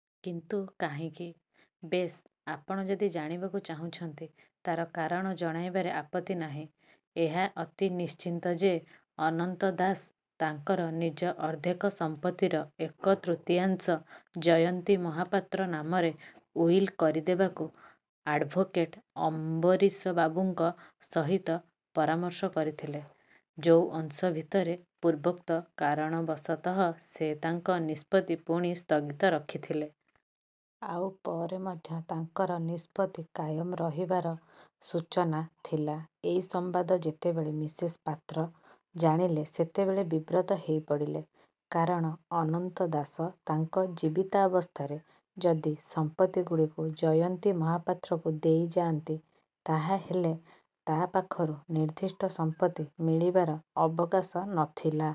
' 'କିନ୍ତୁ କାହିଁକି? ' 'ବେଶ୍, ଆପଣ ଯଦି ଜାଣିବାକୁ ଚାହୁଁଛନ୍ତି, ତାର କାରଣ ଜଣାଇବାରେ ଆପତ୍ତି ନାହିଁ। ଏହା ଅତି ନିଶ୍ଚିତ ଯେ ଅନନ୍ତ ଦାସ ତାଙ୍କର ନିଜ ଅର୍ଦ୍ଧେକ ସଂପତ୍ତିର ଏକତୃତୀୟାଂଶ ଜୟନ୍ତୀ ମହାପାତ୍ର ନାମରେ ଉଇଲ୍ କରିଦେବାକୁ ଆଡ଼୍ଭୋକେଟ ଅମ୍ବରୀଶବାବୁଙ୍କ ସହିତ ପରାମର୍ଶ କରିଥିଲେ, ଯୋଉ ଅଂଶ ଭିତରେ ପୂର୍ବୋକ୍ତ କାରଣବଶତଃ ସେ ତାଙ୍କ ନିଷ୍ପତ୍ତି ପୁଣି ସ୍ଥଗିତ ରଖିଥିଲେ। ଆଉ ପରେ ମଧ୍ୟ ତାଙ୍କର ନିଷ୍ପତ୍ତି କାୟମ ରହିବାର ସୂଚନା ଥିଲା। ଏଇ ସମ୍ବାଦ ଯେତେବେଳେ ମିସେସ ପାତ୍ର ଜାଣିଲେ ସେତେବେଳେ ବିବ୍ରତ ହେଇପଡ଼ିଲେ। କାରଣ ଅନନ୍ତ ଦାସ ତାଙ୍କ ଜୀବିତାବସ୍ଥାରେ ଯଦି ସମ୍ପତ୍ତିଗୁଡ଼ିକୁ ଜୟନ୍ତୀ ମହାପାତ୍ରକୁ ଦେଇଯାଆନ୍ତି ତା'ହେଲେ ତା ପାଖରୁ ନିର୍ଦ୍ଦିଷ୍ଟ ସଂପତ୍ତି ମିଳିବାର ଅବକାଶ ନ ଥିଲା।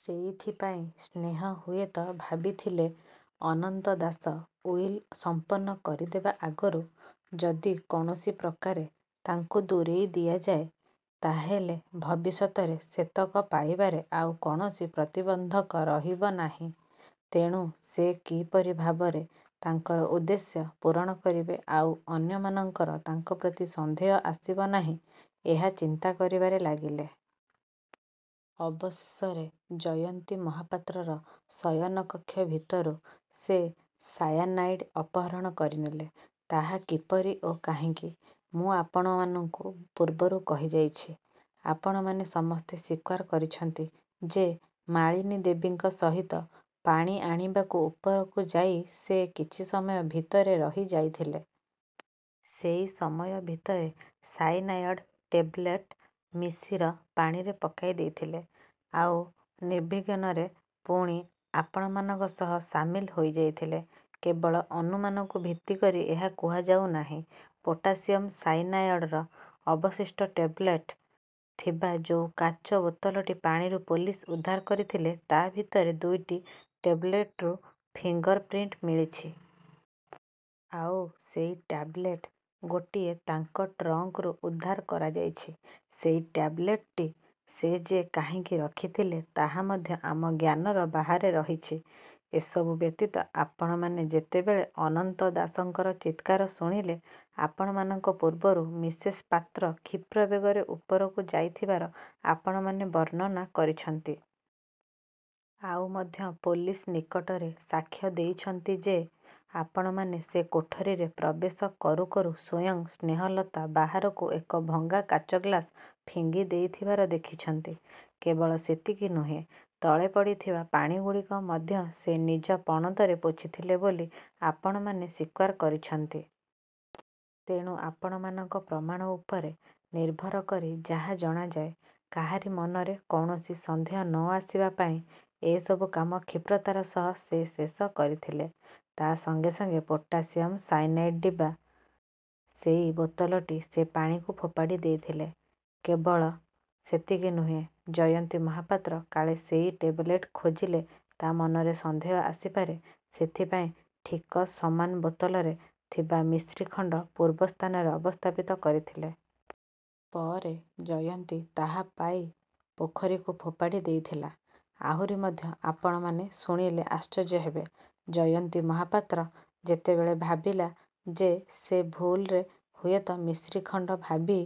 ସେଇଥିପାଇଁ ସ୍ନେହ ହୁଏତ ଭାବିଥିଲେ ଅନନ୍ତ ଦାସ ଉଇଲ ସଂପନ୍ନ କରିଦେବା ଆଗରୁ ଯଦି କୌଣସିପ୍ରକାରେ ତାଙ୍କୁ ଦୂରେଇଦିଆଯାଏ, ତା'ହେଲେ ଭବିଷ୍ୟତରେ ସେତକ ପାଇବାରେ ଆଉ କୌଣସି ପ୍ରତିବନ୍ଧକ ରହିବ ନାହିଁ। ତେଣୁ ସେ କିପରି ଭାବରେ ତାଙ୍କର ଉଦ୍ଦେଶ୍ୟ ପୂରଣ କରିବେ, ଆଉ ଅନ୍ୟମାନଙ୍କର ତାଙ୍କ ପ୍ରତି ସନ୍ଦେହ ଆସିବ ନାହିଁ, ଏହା ଚିନ୍ତା କରିବାରେ ଲାଗିଲେ। ଅବଶେଷରେ ଜୟନ୍ତୀ ମହାପାତ୍ରର ଶୟନକକ୍ଷ ଭିତରୁ ସେ ସାୟାନାଇଡ଼୍ ଅପହରଣ କରିନେଲେ। ତାହା କିପରି ଓ କାହିଁକି, ମୁଁ ଆପଣମାନଙ୍କୁ ପୂର୍ବରୁ କହିଯାଇଛି। ଆପଣମାନେ ସମସ୍ତେ ସ୍ୱୀକାର କରିଛନ୍ତି ଯେ ମାଳିନୀ ଦେବୀଙ୍କ ସହିତ ପାଣି ଆଣିବାକୁ ଉପରକୁ ଯାଇ ସେ କିଛି ସମୟ ଭିତରେ ରହିଯାଇଥିଲେ। ସେଇ ସମୟ ଭିତରେ ସାଇନାୟଡ଼୍ ଟେବଲେଟ ମିଶିର ପାଣିରେ ପକାଇଦେଇଥିଲେ, ଆଉ ନିର୍ବିଘ୍ନରେ ପୁଣି ଆପଣମାନଙ୍କ ସହ ସାମିଲ ହୋଇଯାଇଥିଲେ। 'କେବଳ ଅନୁମାନକୁ ଭିତ୍ତି କରି ଏହା କୁହାଯାଉନାହିଁ। ପୋଟାସିୟମ ସାଇନାୟଡ଼ର ଅବଶିଷ୍ଟ ଟେବଲେଟ ଥିବା ଯୋଉ କାଚ ବୋତଲଟି ପାଣିରୁ ପୋଲିସ ଉଦ୍ଧାର କରିଥିଲେ, ତା ଭିତରେ ଦୁଇଟି ଟେବଲେଟରୁ ଫିଙ୍ଗର ପ୍ରିଣ୍ଟ ମିଳିଛି। ଆଉ ସେଇ ଟ୍ୟାବଲେଟ ଗୋଟିଏ ତାଙ୍କ ଟ୍ରଙ୍କରୁ ଉଦ୍ଧାର କରାଯାଇଛି। ସେଇ ଟ୍ୟାବଲେଟଟି ସେ ଯେ କାହିଁକି ରଖିଥିଲେ ତାହା ମଧ୍ୟ ଆମ ଜ୍ଞାନର ବାହାରେ ରହିଛି। 'ଏସବୁ ବ୍ୟତୀତ ଆପଣମାନେ ଯେତେବେଳେ ଅନନ୍ତ ଦାସଙ୍କର ଚିତ୍କାର ଶୁଣିଲେ, ଆପଣମାନଙ୍କ ପୂର୍ବରୁ ମିସେସ ପାତ୍ର କ୍ଷିପ୍ର ବେଗରେ ଉପରକୁ ଯାଇଥିବାର ଆପଣମାନେ ବର୍ଣ୍ଣନା କରିଛନ୍ତି। ଆଉ ମଧ୍ୟ ପୋଲିସ ନିକଟରେ ସାକ୍ଷ୍ୟ ଦେଇଛନ୍ତି ଯେ ଆପଣମାନେ ସେ କୋଠରିରେ ପ୍ରବେଶ କରୁ କରୁ ସ୍ୱୟଂ ସ୍ନେହଲତା ବାହାରକୁ ଏକ ଭଙ୍ଗା କାଚଗ୍ଳାସ ଫିଙ୍ଗିଦେଇଥିବାର ଦେଖିଛନ୍ତି-। କେବଳ ସେତିକି ନୁହେଁ, ତଳେ ପଡ଼ିଥିବା ପାଣିଗୁଡ଼ିକ ମଧ୍ୟ ସେ ନିଜ ପଣତରେ ପୋଛିଥିଲେ ବୋଲି ଆପଣମାନେ ସ୍ୱୀକାର କରିଛନ୍ତି। ତେଣୁ ଆପଣମାନଙ୍କ ପ୍ରମାଣ ଉପରେ ନିର୍ଭର କରି ଯାହା ଜଣାଯାଏ, କାହାରି ମନରେ କୌଣସି ସନ୍ଦେହ ନ ଆସିବା ପାଇଁ ଏସବୁ କାମ କ୍ଷିପ୍ରତାର ସହ ସେ ଶେଷ କରିଥିଲେ। ତା ସଙ୍ଗେ ସଙ୍ଗେ ପୋଟାସିଅମ ସାଇନାଇଡ଼୍ଥିବା ସେଇ ବୋତଲଟି ସେ ପାଣିକୁ ଫୋପାଡ଼ିଦେଇଥିଲେ। 'କେବଳ ସେତିକି ନୁହେଁ, ଜୟନ୍ତୀ ମହାପାତ୍ର କାଳେ ସେଇ ଟେବଲେଟ ଖୋଜିଲେ ତା'ମନରେ ସନ୍ଦେହ ଆସିପାରେ, ସେଥିପାଇଁ ଠିକ ସମାନ ବୋତଲରେ ଥିବା ମିଶ୍ରିଖଣ୍ଡ ପୂର୍ବ ସ୍ଥାନରେ ଅବସ୍ଥାପିତ କରିଥିଲେ। ପରେ ଜୟନ୍ତୀ ତାହା ପାଇ ପୋଖରୀକୁ ଫୋପାଡ଼ିଦେଇଥିଲା। 'ଆହୁରି ମଧ୍ୟ ଆପଣମାନେ ଶୁଣିଲେ ଆଶ୍ଚର୍ଯ୍ୟ ହେବେ, ଜୟନ୍ତୀ ମହାପାତ୍ର ଯେତେବେଳେ ଭାବିଲା ଯେ ସେ ଭୁଲରେ ହୁଏତ ମିଶ୍ରିଖଣ୍ଡ ଭାବି